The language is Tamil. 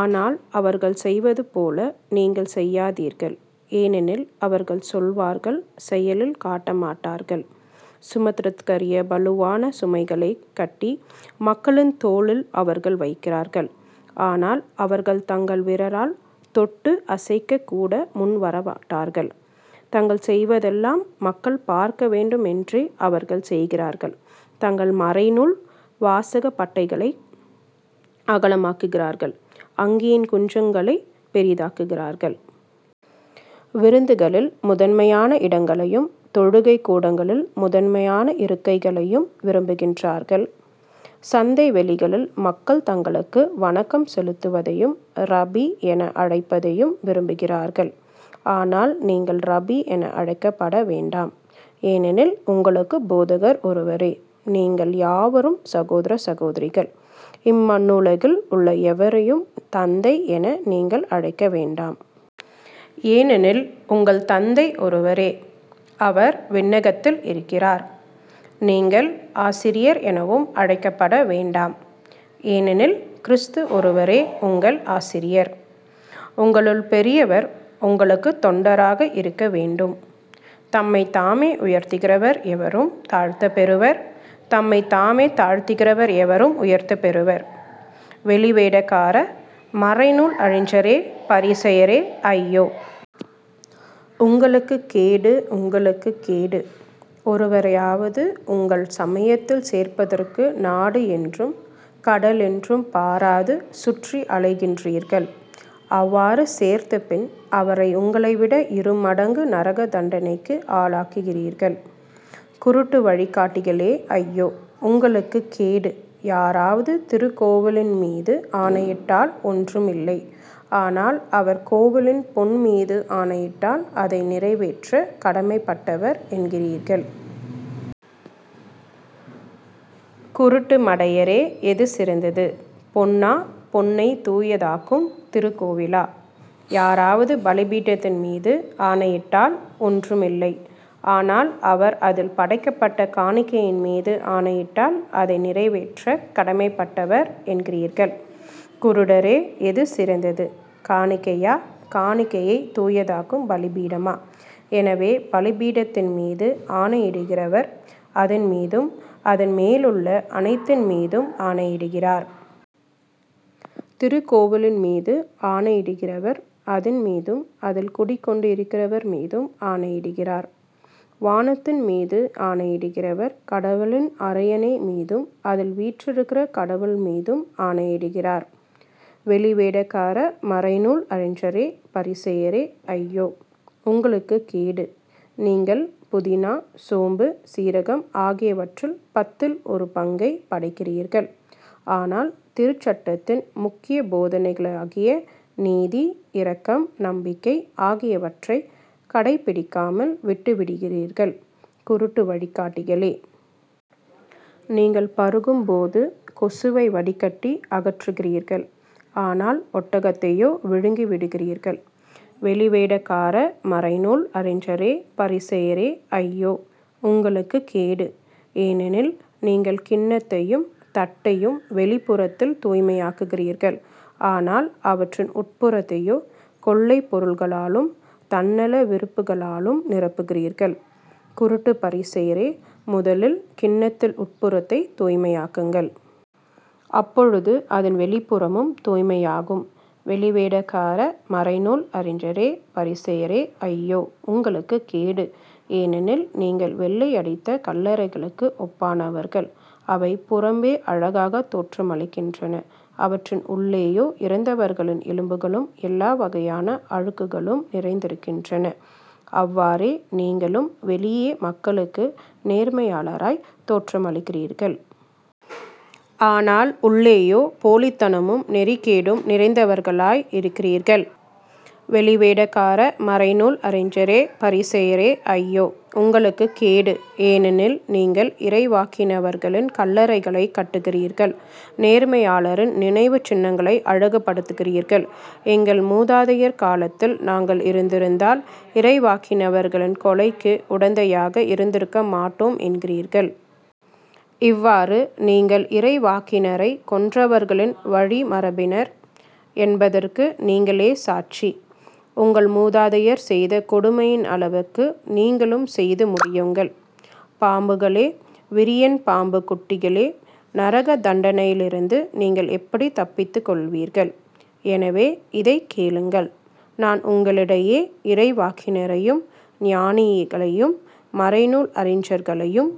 ஆனால் அவர்கள் செய்வதுபோல நீங்கள் செய்யாதீர்கள். ஏனெனில் அவர்கள் சொல்வார்கள் செயலில் காட்ட மாட்டார்கள். சுமத்தற்கரிய பளுவான சுமைகளைக் கட்டி மக்களின் தோளில் அவர்கள் வைக்கிறார்கள் ஆனால் அவர்கள் தங்கள் விரலால் தொட்டு அசைக்கக் கூட முன்வரமாட்டார்கள். தாங்கள் செய்வதெல்லாம் மக்கள் பார்க்க வேண்டும் என்றே அவர்கள் செய்கிறார்கள் தங்கள் மறைநூல் வாசகப் பட்டைகளை அகலமாக்குகிறார்கள் அங்கியின் குஞ்சங்களைப் பெரிதாக்குகிறார்கள். விருந்துகளில் முதன்மையான இடங்களையும் தொழுகைக் கூடங்களில் முதன்மையான இருக்கைகளையும் விரும்புகின்றார்கள். சந்தைவெளிகளில் மக்கள் தங்களுக்கு வணக்கம் செலுத்துவதையும் ரபி என அழைப்பதையும் விரும்புகிறார்கள். ஆனால் நீங்கள் ரபி என அழைக்கப்பட வேண்டாம். ஏனெனில் உங்களுக்குப் போதகர் ஒருவரே. நீங்கள் யாவரும் சகோதரர் சகோதரிகள். இம்மண்ணுலகில் உள்ள எவரையும் தந்தை என நீங்கள் அழைக்க வேண்டாம். ஏனெனில் உங்கள் தந்தை ஒருவரே. அவர் விண்ணகத்தில் இருக்கிறார். நீங்கள் ஆசிரியர் எனவும் அழைக்கப்பட வேண்டாம். ஏனெனில் கிறிஸது ஒருவரே உங்கள் ஆசிரியர். உங்களுள் பெரியவர் உங்களுக்குத் தொண்டராக இருக்க வேண்டும். தம்மைத்தாமே உயர்த்துகிறவர் எவரும் தாழ்த்தப்பெறுவர். தம்மைத்தாமே தாழ்த்துகிறவர் எவரும் உயர்த்தப்பெறுவர். வெளிவேடக்கார மறைநூல் அறிஞரே பரிசேயரே ஐயோ. உங்களுக்குக் கேடு. உங்களுக்குக் கேடு. ஒருவரையாவது உங்கள் சமயத்தில் சேர்ப்பதற்கு நாடு என்றும் கடல் என்றும் பாராது சுற்றி அலைகின்றீர்கள் அவ்வாறு சேர்த்த பின் அவரை உங்களைவிட இருமடங்கு நரகத் தண்டனைக்கு ஆளாக்குகிறீர்கள். குருட்டு வழிகாட்டிகளே ஐயோ. உங்களுக்குக் கேடு. யாராவது திருக்கோவிலின்மீது ஆணையிட்டால் ஒன்றுமில்லை ஆனால் அவர் கோவிலின் பொன்மீது ஆணையிட்டால் அதை நிறைவேற்றக் கடமைப்பட்டவர் என்கிறீர்கள். குருட்டு மடையரே. எது சிறந்தது? பொன்னா? பொன்னைத் தூயதாக்கும் திருக்கோவிலா? யாராவது பலிபீடத்தின்மீது ஆணையிட்டால் ஒன்றுமில்லை ஆனால் அவர் அதில் படைக்கப்பட்ட காணிக்கையின்மீது ஆணையிட்டால் அதை நிறைவேற்றக் கடமைப்பட்டவர் என்கிறீர்கள். குருடரே. எது சிறந்தது? காணிக்கையா? காணிக்கையைத் தூயதாக்கும் பலிபீடமா? எனவே பலிபீடத்தின்மீது ஆணையிடுகிறவர் அதன்மீதும் அதன்மேலுள்ள அனைத்தின்மீதும் ஆணையிடுகிறார். திருக்கோவிலின்மீது ஆணையிடுகிறவர் அதன்மீதும் அதில் குடிகொண்டிருக்கிறவர்மீதும் ஆணையிடுகிறார். வானத்தின் மீது ஆணையிடுகிறவர் கடவுளின் அரியணைமீதும் அதில் வீற்றிருக்கிற கடவுள்மீதும் ஆணையிடுகிறார். வெளிவேடக்கார மறைநூல் அறிஞரே பரிசேயரே ஐயோ. உங்களுக்குக் கேடு. நீங்கள் புதினா சோம்பு சீரகம் ஆகியவற்றில் பத்தில் ஒரு பங்கைப் படைக்கிறீர்கள். ஆனால் திருச்சட்டத்தின் முக்கிய போதனைகளாகிய நீதி இரக்கம் நம்பிக்கை ஆகியவற்றைக் கடைப்பிடிக்காமல் விட்டு விடுகிறீர்கள் குருட்டு வழிகாட்டிகளே. நீங்கள் பருகும் போது கொசுவை வடிகட்டி அகற்றுகிறீர்கள். ஆனால் ஒட்டகத்தையோ விழுங்கிவிடுகிறீர்கள். வெளிவேடக்கார மறைநூல் அறிஞரே பரிசேயரே ஐயோ. உங்களுக்குக் கேடு. ஏனெனில் நீங்கள் கிண்ணத்தையும் தட்டையும் வெளிப்புறத்தில் தூய்மையாக்குகிறீர்கள். ஆனால் அவற்றின் உட்புறத்தையோ கொள்ளைப் பொருள்களாலும் தன்னல விருப்புகளாலும் நிரப்புகிறீர்கள். குருட்டுப் பரிசேயரே முதலில் கிண்ணத்தின் உட்புறத்தைத் தூய்மையாக்குங்கள். அப்பொழுது அதன் வெளிப்புறமும் தூய்மையாகும். வெளிவேடக்கார மறைநூல் அறிஞரே பரிசேயரே ஐயோ. உங்களுக்குக் கேடு. ஏனெனில் நீங்கள் வெள்ளையடித்த கல்லறைகளுக்கு ஒப்பானவர்கள். அவை புறம்பே அழகாகத் தோற்றமளிக்கின்றன அவற்றின் உள்ளேயோ இறந்தவர்களின் எலும்புகளும் எல்லாவகையான அழுக்குகளும் நிறைந்திருக்கின்றன. அவ்வாறே நீங்களும் வெளியே மக்களுக்கு நேர்மையாளராய்த் தோற்றமளிக்கிறீர்கள். ஆனால் உள்ளேயோ போலித்தனமும் நெறிகேடும் நிறைந்தவர்களாய் இருக்கிறீர்கள். வெளிவேடக்கார மறைநூல் அறிஞரே பரிசேயரே ஐயோ. உங்களுக்குக் கேடு. ஏனெனில் நீங்கள் இறைவாக்கினர்களின் கல்லறைகளைக் கட்டுகிறீர்கள் நேர்மையாளரின் நினைவுச் சின்னங்களை அழகுப்படுத்துகிறீர்கள் எங்கள் முதாதையர் காலத்தில் நாங்கள் இருந்திருந்தால் இறைவாக்கினர்களின் கொலைக்கு உடந்தையாக இருந்திருக்க மாட்டோம் என்கிறீர்கள். இவ்வாறு நீங்கள் இறைவாக்கினரைக் கொன்றவர்களின் வழிமரபினர் என்பதற்கு நீங்களே சாட்சிகள். உங்கள் முதாதையர் செய்த கொடுமையின் அளவுக்கு நீங்களும் செய்து முடியுங்கள். பாம்புகளே வரியன் பாம்புக் குட்டிகளே நரகத் தண்டனையிலிருந்து நீங்கள் எப்படித் தப்பித்துக்கொள்வீர்கள்? எனவே இதைக் கேளுங்கள். நான் உங்களிடையே இறைவாக்கினரையும் ஞானிகளையும் மறைநூல் அறிஞர்களையும்